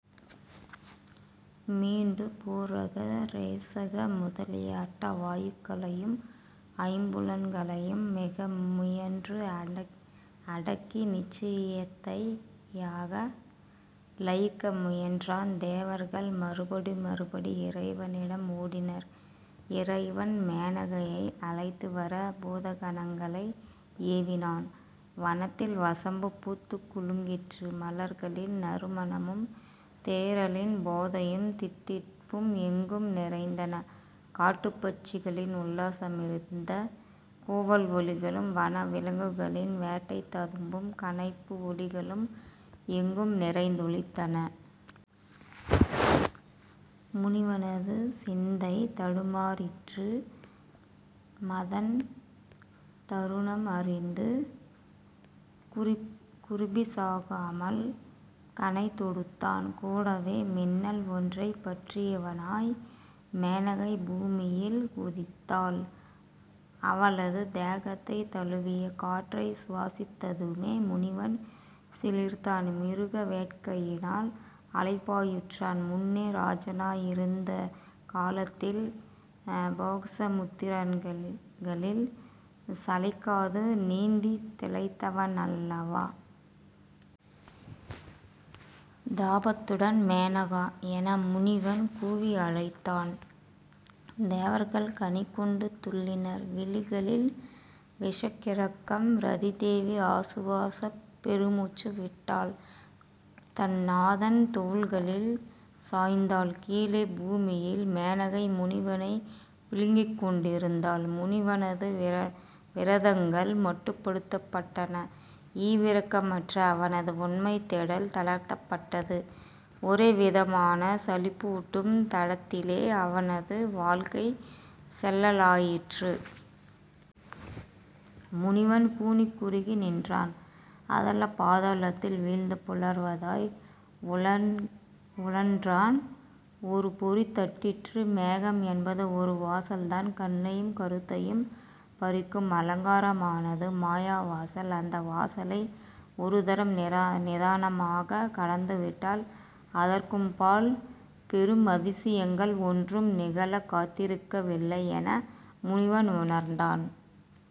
மீண்டு பூரக ரேசக முதலிய அட்டவாயுக்களையும், ஐம்புலன்களையும் மிகமுயன்று அடக்கி நிர்ச்சிந்தையாக லயிக்க முயன்றான். தேவர்கள் மறுபடி மறுபடி இறைவனிடம் ஓடினர். இறைவன் மேனகையை அழைத்துவர பூதகணங்களை ஏவினான். வனத்தில் வசந்தம் பூத்துக் குலுங்கிற்று. மலர்களின் நறுமணமும், தேறலின் போதையும் தித்திப்பும் எங்கும் நிறைந்தன. காட்டுப்பட்சிகளின் உல்லாசமிருந்த கூவல் ஒலிகளும், வனவிலங்குகளின் வேட்கை ததும்பும் கனைப்பு ஒலிகளும் எங்கும் எதிரொலித்தன. முனிவனது சிந்தை தடுமாறிற்று. மதன் தருணம் அறிந்து குறிபிசகாமல் கணை தொடுத்தான். கூடவே, மின்னல் ஒன்றைப் பற்றியவனாய் மேனகை பூமியில் குதித்தாள். அவளது தேகத்தை தழுவிய காற்றைச் சுவாசித்ததுமே, முனிவன் சிலிர்த்தான். மிருக வேட்கையினால் அலைப்பாயுற்றான் முன்னே, ராஜனாயிருந்த காலத்தில் போகசமுத்திரங்களில் சளைக்காது நீந்தித் திளைத்தவனல்லவா? தாபத்துடன் 'மேனகா' என முனிவன் கூவி அழைத்தான். தேவர்கள் கனிகொண்டு துள்ளினர். விழிகளில் விஷக்கிறக்கம். ரதிதேவி ஆசுவாசப் பெருமூச்சு விட்டாள். தன் நாதன் தோள்களில் சாய்ந்தாள். கீழே பூமியில்; மேனகை முனிவனை விழுங்கிக் கொண்டிருந்தாள். முனிவனது விரதங்கள் மட்டுப்படுத்தப்பட்டன. ஈவிரக்கமற்ற அவனது உண்மைதேடல் தளர்த்தப்பட்டது. ஒரேவிதமான சலிப்பூட்டும் தடத்திலே அவனது வாழ்க்கை செல்லலாயிற்று. முனிவன் கூனிக் குறுகி நின்றான். அதலபாதாளத்தில் வீழ்ந்து புரள்வதாய் உழன்றான். ஒரு பொறி தட்டிற்று. மோகம் என்பது ஒருவாசல் தான். கண்ணையும் கருத்தையும் பறிக்கும் அலங்காரமான மாயாவாசல். அந்த வாசலை ஒருதரம் நிதானமாக கடந்துவிட்டால் அதற்குமப்பால் பெரும் அதிசயங்கள் ஒன்றும் நிகழக்காத்திருக்கவில்லை, என முனிவன் உணர்ந்தான்.